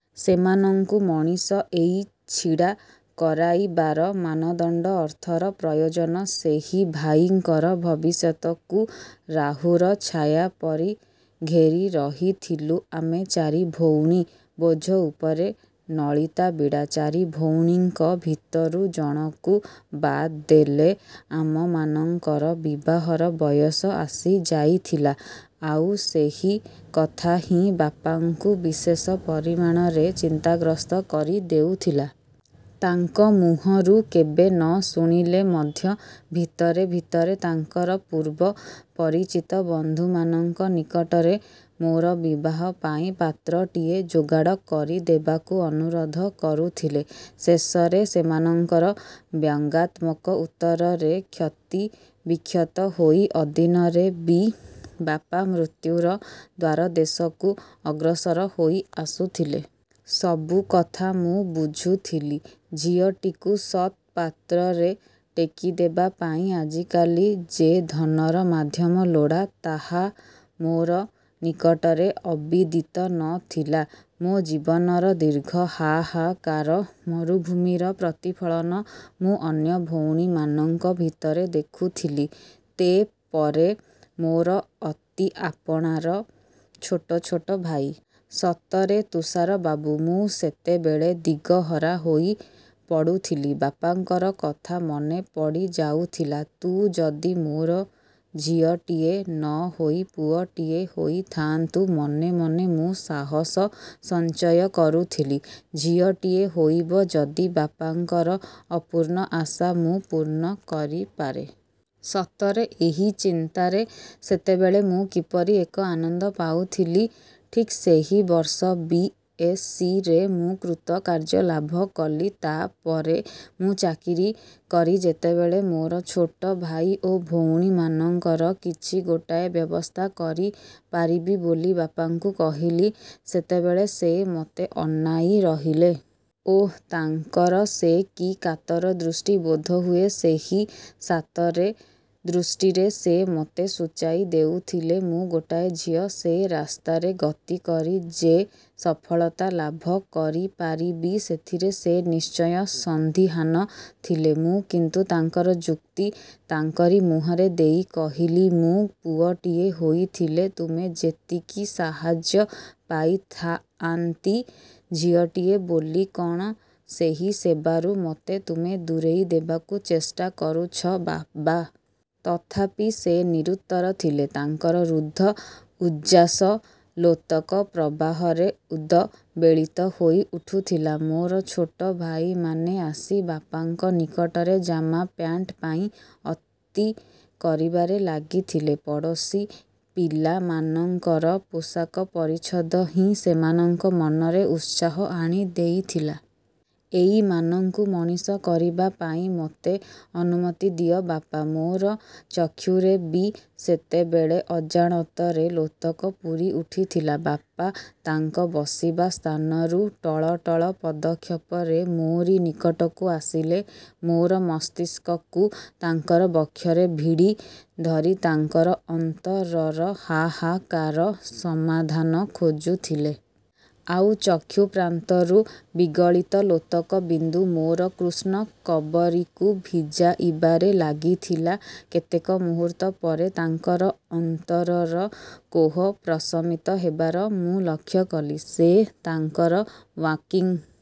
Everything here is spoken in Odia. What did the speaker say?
ସେମାନଙ୍କୁ ମଣିଷ ଏଇ ଛିଡ଼ା କରାଇବାର ମାନଦଣ୍ଡ ଅର୍ଥର ପ୍ରୟୋଜନ। ସେହି ଭାଇଙ୍କର ଭବିଷ୍ୟତକୁ ରାହୁର ଛାୟା ପରି ଘେରି ରହିଥିଲୁ ଆମେ ଚାରି ଭଉଣୀ। ବୋଝ ଉପରେ ନଳିତାବିଡ଼ା। ଚାରି ଭଉଣୀଙ୍କ ଭିତରୁ ଜଣକୁ ବାଦ୍ ଦେଲେ ଆମମାନଙ୍କର ବିବାହର ବୟସ ଆସିଯାଇଥିଲା। ଆଉ ସେହି କଥା ହିଁ ବାପାଙ୍କୁ ବିଶେଷ ପରିମାଣରେ ଚିନ୍ତାଗ୍ରସ୍ତ କରି ଦେଉଥିଲା। ତାଙ୍କ ମୁହଁରୁ କେବେ ନ ଶୁଣିଲେ ମଧ୍ୟ ଭିତରେ ଭିତରେ ତାଙ୍କର ପୂର୍ବ ପରିଚିତ ବନ୍ଧୁମାନଙ୍କ ନିକଟରେ ମୋର ବିବାହ ପାଇଁ ପାତ୍ରଟିଏ ଯୋଗାଡ କରିଦେବାକୁ ଅନୁରୋଧ କରୁଥିଲେ। ଶେଷରେ ସେମାନଙ୍କର ବ୍ୟଙ୍ଗାତ୍ମକ ଉତ୍ତରରେ କ୍ଷତି ବିକ୍ଷତ ହୋଇ ଅଦିନରେ ବି ବାପା ମୃତ୍ୟୁର ଦ୍ୱାରଦେଶକୁ ଅଗ୍ରସର ହୋଇ ଆସୁଥିଲେ। ସବୁ କଥା ମୁଁ ବୁଝୁଥିଲି। ଝିଅଟିକୁ ସତ୍ ପାତ୍ରରେ ଟେକି ଦେବା ପାଇଁ ଆଜିକାଲି ଯେ ଧନର ମାଧ୍ୟମ ଲୋଡା, ତାହା ମୋର ନିକଟରେ ଅବିଦିତ ନ ଥିଲା। ମୋ ଜୀବନର ଦୀର୍ଘ ହା-ହା-କାର ମରୁଭୂମିର ପ୍ରତିଫଳନ ମୁଁ ଅନ୍ୟ ଭଉଣୀମାନଙ୍କ ଭିତରେ ଦେଖୁଥିଲି। ତେ ପରେ ମୋର ଅତି ଆପଣାର ଛୋଟ ଛୋଟ ଭାଇ ସତରେ ତୁଷାର ବାବୁ, ମୁଁ ସେତେବେଳେ ଦିଗହରା ହୋଇ ପଡ଼ୁଥିଲି। ବାପାଙ୍କର କଥା ମନେପଡି ଯାଉଥିଲା। "ତୁ ଯଦି ମୋର ଝିଅଟିଏ ନ ହୋଇ ପୁଅଟିଏ ହୋଇ ଥାଆନ୍ତୁ " ମନେ ମନେ ମୁଁ ସାହସ ସଞ୍ଚୟ କରୁଥିଲି। ଝିଅଟିଏ ହୋଇବ ଯଦି ବାପାଙ୍କର ଅପୂର୍ଣ୍ଣ ଆଶା ମୁଁ ପୂର୍ଣ୍ଣ କରିପାରେ ସତରେ ଏହି ଚିନ୍ତାରେ ସେତେବେଳେ ମୁଁ କିପରି ଏକ ଆନନ୍ଦ ପାଉଥିଲି ଠିକ୍ ସେହି ବର୍ଷ ବି. ଏସ୍-ସି. ରେ ମୁଁ କୃତକାର୍ଯ୍ୟ ଲାଭ କଲି ତା ପରେ ମୁଁ ଚାକିରି କରି ଯେତେବେଳେ ମୋର ଛୋଟ ଭାଇ ଓ ଭଉଣୀମାନଙ୍କର କିଛି ଗୋଟାଏ ବ୍ୟବସ୍ଥା କରି ପାରିବି ବୋଲି ବାପାଙ୍କୁ କହିଲି, ସେତେବେଳେ ସେ ମୋତେ ଅନାଇ ରହିଲେ। ଓଃ, ତାଙ୍କର ସେ କି କାତର ଦୃଷ୍ଟି! ବୋଧହୁଏ ସେହି ସାତରେ ଦୃଷ୍ଟିରେ ସେ ମୋତେ ସୁଚାଇ ଦେଉଥିଲେ, ମୁଁ ଗୋଟାଏ ଝିଅ-ସେ ରାସ୍ତାରେ ଗତି କରି ଯେ ସଫଳତା ଲାଭ କରି ପାରିବି ସେଥିରେ ସେ ନିଶ୍ଚୟ ସନ୍ଦିହାନ ଥିଲେ। ମୁଁ କିନ୍ତୁ ତାଙ୍କର ଯୁକ୍ତି ତାଙ୍କରି ମୁହଁରେ ଦେଇ କହିଲି-ମୁଁ ପୁଅଟିଏ ହୋଇଥିଲେ ତୁମେ ଯେତିକି ସାହାଯ୍ୟ ପାଇଥାଆନ୍ତି, ଝିଅଟିଏ ବୋଲି କଣ ସେହି ସେବାରୁ ମୋତେ ତୁମେ ଦୂରେଇ ଦେବାକୁ ଚେଷ୍ଟା କରୁଛ, ବାବା! ତଥାପି ସେ ନିରୁତ୍ତର ଥିଲେ। ତାଙ୍କର ରୁଦ୍ଧ ଉଜ୍ଜ୍ୱାସ ଲୋତକ ପ୍ରବାହରେ ଉଦବେଳିତ ହୋଇ ଉଠୁଥିଲା। ମୋର ଛୋଟ ଭାଇମାନେ ଆସି ବାପାଙ୍କ ନିକଟରେ ଜାମା ପ୍ୟାଣ୍ଟ ପାଇଁ ଅତି କରିବାରେ ଲାଗିଥିଲେ। ପଡ଼ୋଶୀ ପିଲାମାନଙ୍କର ପୋଷାକ ପରିଚ୍ଛଦ ହିଁ ସେମାନଙ୍କ ମନରେ ଉତ୍ସାହ ଆଣି ଦେଇଥିଲା। ଏଇମାନଙ୍କୁ ମଣିଷ କରିବା ପାଇଁ ମୋତେ ଅନୁମତି ଦିଅ, ବାପା! ମୋର ଚକ୍ଷୁରେ ବି ସେତେବେଳେ ଅଜାଣତରେ ଲୋତକ ପୂରି ଉଠିଥିଲା। ବାପା ତାଙ୍କ ବସିବା ସ୍ଥାନରୁ ଟଳ ଟଳ ପଦକ୍ଷେପରେ ମୋ'ରି ନିକଟକୁ ଆସିଲେ। ମୋର ମସ୍ତିଷ୍କକୁ ତାଙ୍କର ବକ୍ଷରେ ଭିଡ଼ି ଧରି ତାଙ୍କର ଅନ୍ତରର ହା-ହା-କାର ସମାଧାନ ଖୋଜୁଥିଲେ। ଆଉ ଚକ୍ଷୁ ପ୍ରାନ୍ତରୁ ବିଗଳିତ ଲୋତକ ବିନ୍ଦୁ ମୋର କୃଷ୍ଣ କବରୀକୁ ଭିଜାଇବାରେ ଲାଗିଥିଲା। କେତେକ ମୁହୂର୍ତ୍ତ ପରେ ତାଙ୍କର ଅନ୍ତରର କୋହ ପ୍ରଶମିତ ହେବାର ମୁଁ ଲକ୍ଷ୍ୟ କଲି। ସେ ତାଙ୍କର ଓ୍ୱାକିଂ